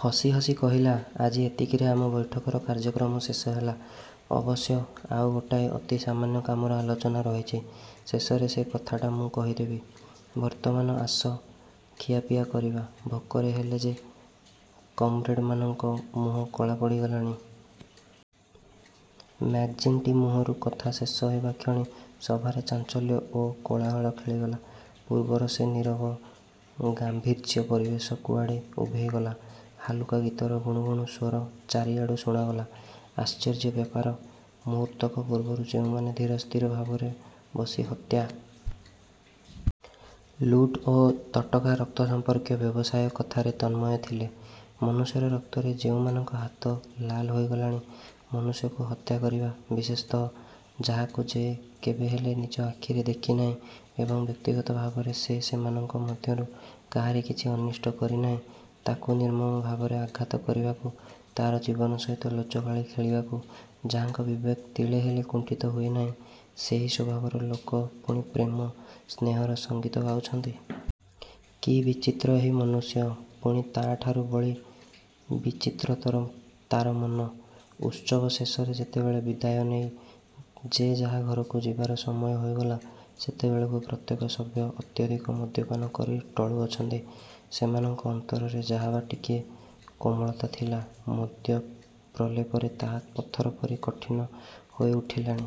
ହସିହସି କହିଲା, ''ଆଜି ଏତିକିରେ ଆମ ବୈଠକର କାର୍ଯ୍ୟକ୍ରମ ଶେଷ ହେଲା। ଅବଶ୍ୟ ଆଉ ଗୋଟାଏ ଅତି ସାମାନ୍ୟ କାମର ଆଲୋଚନା ରହିଛି। ଶେଷରେ ସେ କଥାଟା ମୁଁ କହିଦେବି। ବର୍ତ୍ତମାନ ଆସ, ଖିଆପିଆ କରିବା। ଭୋକରେ ହେଲେ ଯେ କମ୍ରେଡ଼ମାନଙ୍କ ମୁହଁ କଳା ପଡ଼ିଗଲାଣି। '' ମ୍ୟାକ୍ଜିଣ୍ଟି ମୁହଁରୁ କଥା ଶେଷ ହେବାକ୍ଷଣି ସଭାରେ ଚାଞ୍ଚଲ୍ୟ ଓ କୋଳାହଳ ଖେଳିଗଲା। ପୂର୍ବର ସେ ନୀରବ ଗାମ୍ଭୀର୍ଯ୍ୟ ପରିବେଶ କୁଆଡ଼େ ଉଭେଇଗଲା; ହାଲୁକା ଗୀତର ଗୁଣୁଗୁଣୁ ସ୍ୱର ଚାରିଆଡ଼ୁ ଶୁଣାଗଲା। ଆଶ୍ଚର୍ଯ୍ୟ ବ୍ୟାପାର! ମୁହୂର୍ତ୍ତକ ପୂର୍ବରୁ ଯେଉଁମାନେ ଧୀରସ୍ଥିର ଭାବରେ ବସି ହତ୍ୟା, ଲୁଟ ଓ ତଟକା ରକ୍ତ ସଂପର୍କୀୟ ବ୍ୟବସାୟ କଥାରେ ତନ୍ମୟ ଥିଲେ, ମନୁଷ୍ୟର ରକ୍ତରେ ଯେଉଁମାନଙ୍କ ହାତ ଲାଲ ହୋଇଗଲାଣି, ମନୁଷ୍ୟକୁ ହତ୍ୟା କରିବା-ବିଶେଷତଃ ଯାହାକୁ ଯେ କେବେହେଲେ ନିଜ ଆଖିରେ ଦେଖି ନାହିଁ ଏବଂ ବ୍ୟକ୍ତିଗତ ଭାବରେ ସେ ସେମାନଙ୍କ ମଧ୍ୟରୁ କାହାରି କିଛି ଅନିଷ୍ଟ କରି ନାହିଁ-ତାକୁ ନିର୍ମମ ଭାବରେ ଆଘାତ କରିବାକୁ, ତାର ଜୀବନ ସହିତ ଲୁଚକାଳି ଖେଳିବାକୁ ଯାହାଙ୍କ ବିବେକ ତିଳେହେଲେ କୁଣ୍ଠିତ ହୁଏ ନାହିଁ, ସେହି ସ୍ୱଭାବର ଲୋକ ପୁଣି ପ୍ରେମ, ସ୍ନେହର ସଙ୍ଗୀତ ଗାଉଛନ୍ତି! କି ବିଚିତ୍ର ଏହି ମନୁଷ୍ୟ, ପୁଣି ତାଠାରୁ ବଳି ବିଚିତ୍ରତର ତାର ମନ! ଉତ୍ସବ ଶେଷରେ ଯେତେବେଳେ ବିଦାୟ ନେଇ ଯେ ଯାହା ଘରକୁ ଯିବାର ସମୟ ହୋଇଗଲା, ସେତେବେଳକୁ ପ୍ରତ୍ୟେକ ସଭ୍ୟ ଅତ୍ୟଧିକ ମଦ୍ୟପାନ କରି ଟଳୁଅଛନ୍ତି। ସେମାନଙ୍କ ଅନ୍ତରରେ ଯାହା ବା ଟିକିଏ କୋମଳତା ଥିଲା, ମଦ୍ୟ ପ୍ରଲେପରେ ତାହା ପଥର ପରି କଠିନ ହୋଇ ଉଠିଲାଣି।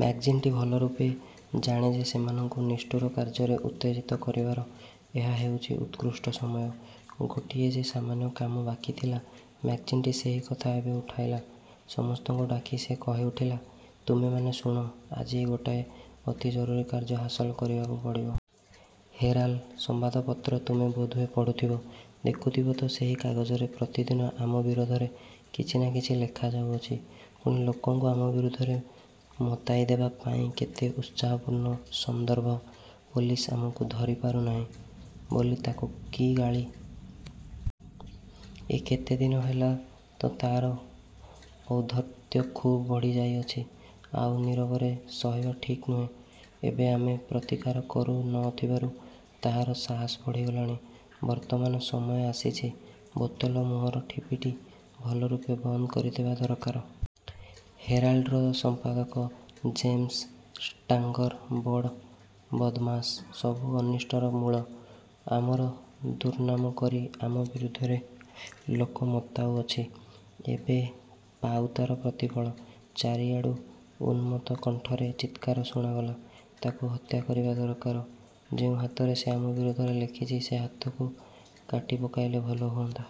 ମ୍ୟାକ୍ଜିଣ୍ଟି ଭଲରୂପେ ଜାଣେ ଯେ ସେମାନଙ୍କୁ ନିଷ୍ଠୁର କାର୍ଯ୍ୟରେ ଉତ୍ତେଜିତ କରିବାର ଏହା ହେଉଛି ଉତ୍କୃଷ୍ଟ ସମୟ। ଗୋଟିଏ ଯେ ସାମାନ୍ୟ କାମ ବାକି ଥିଲା, ମ୍ୟାକ୍ଜିଣ୍ଟି ସେହି କଥା ଏବେ ଉଠାଇଲା। ସମସ୍ତଙ୍କୁ ଡାକି ସେ କହିଉଠିଲା, ''ତୁମେମାନେ ଶୁଣ, ଆଜି ଗୋଟାଏ ଅତି ଜରୁରୀ କାର୍ଯ୍ୟ ହାସଲ କରିବାକୁ ପଡ଼ିବ। 'ହେରାଲ୍' ସମ୍ବାଦପତ୍ର ତୁମେ ବୋଧହୁଏ ପଢ଼ୁଥିବ। ଦେଖୁଥିବ ତ, ସେହି କାଗଜରେ ପ୍ରତିଦିନ ଆମ ବିରୋଧରେ କିଛି ନା କିଛି ଲେଖାଯାଉଅଛି। ପୁଣି ଲୋକଙ୍କୁ ଆମ ବିରୁଦ୍ଧରେ ମତାଇ ଦେବା ପାଇଁ କେତେ ଉତ୍ସାହପୂର୍ଣ୍ଣ ସନ୍ଦର୍ଭ! ପୋଲିସ ଆମକୁ ଧରିପାରୁ ନାହିଁ ବୋଲି ତାକୁ କି ଗାଳି! ଏ କେତେ ଦିନ ହେଲା ତ ତାର ଔଦ୍ଧତ୍ୟ ଖୁବ୍ ବଢ଼ିଯାଇଅଛି। ଆଉ ନୀରବରେ ସହିବା ଠିକ୍ ନୁହେଁ। ଏବେ ଆମେ ପ୍ରତିକାର କରୁ ନ ଥିବାରୁ ତାହାର ସାହସ ବଢ଼ିଗଲାଣି। ବର୍ତ୍ତମାନ ସମୟ ଆସିଛି, ବୋତଲ ମୁହଁର ଠିପିଟି ଭଲରୂପେ ବନ୍ଦ କରିଦେବା ଦରକାର। 'ହେରାଲଡ଼'ର ସମ୍ପାଦକ ଜେମ୍ସ ଷ୍ଟାଙ୍ଗର ବଡ଼ ବଦ୍ମାସ, ସବୁ ଅନିଷ୍ଟର ମୂଳ। ଆମର ଦୁର୍ନାମକରି ଆମ ବିରୁଦ୍ଧରେ ଲୋକ ମତାଉଅଛି, ଏବେ ପାଉ ତାର ପ୍ରତିଫଳ। '' ଚାରିଆଡ଼ୁ ଉନ୍ମତ୍ତ କଣ୍ଠରେ ଚିତ୍କାର ଶୁଣାଗଲା, ''ତାକୁ ହତ୍ୟା କରିବା ଦରକାର। ଯେଉଁ ହାତରେ ସେ ଆମ ବିରୋଧରେ ଲେଖିଛି, ସେ ହାତକୁ କାଟିପକାଇଲେ ଭଲ ହୁଅନ୍ତା।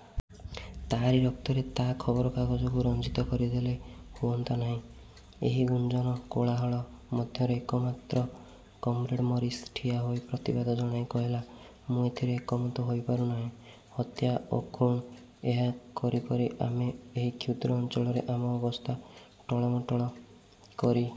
ତାରି ରକ୍ତରେ ତା ଖବରକାଗଜକୁ ରଞ୍ଜିତ କରିଦେଲେ ହୁଅନ୍ତା ନାହିଁ? '' ଏହି ଗୁଞ୍ଜନ କୋଳାହଳ ମଧ୍ୟରେ ଏକମାତ୍ର କମ୍ରେଡ଼ ମରିସ୍ ଠିଆହୋଇ ପ୍ରତିବାଦ ଜଣାଇ କହିଲା, ''ମୁଁ ଏଥିରେ ଏକମତ ହୋଇପାରୁ ନାହିଁ। ହତ୍ୟା ଓ ଖୁଣ୍-ଏହା କରିକରି ଆମେ ଏହି କ୍ଷୁଦ୍ର ଅଞ୍ଚଳରେ ଆମ ଅବସ୍ଥା ଟଳମଟଳ କରି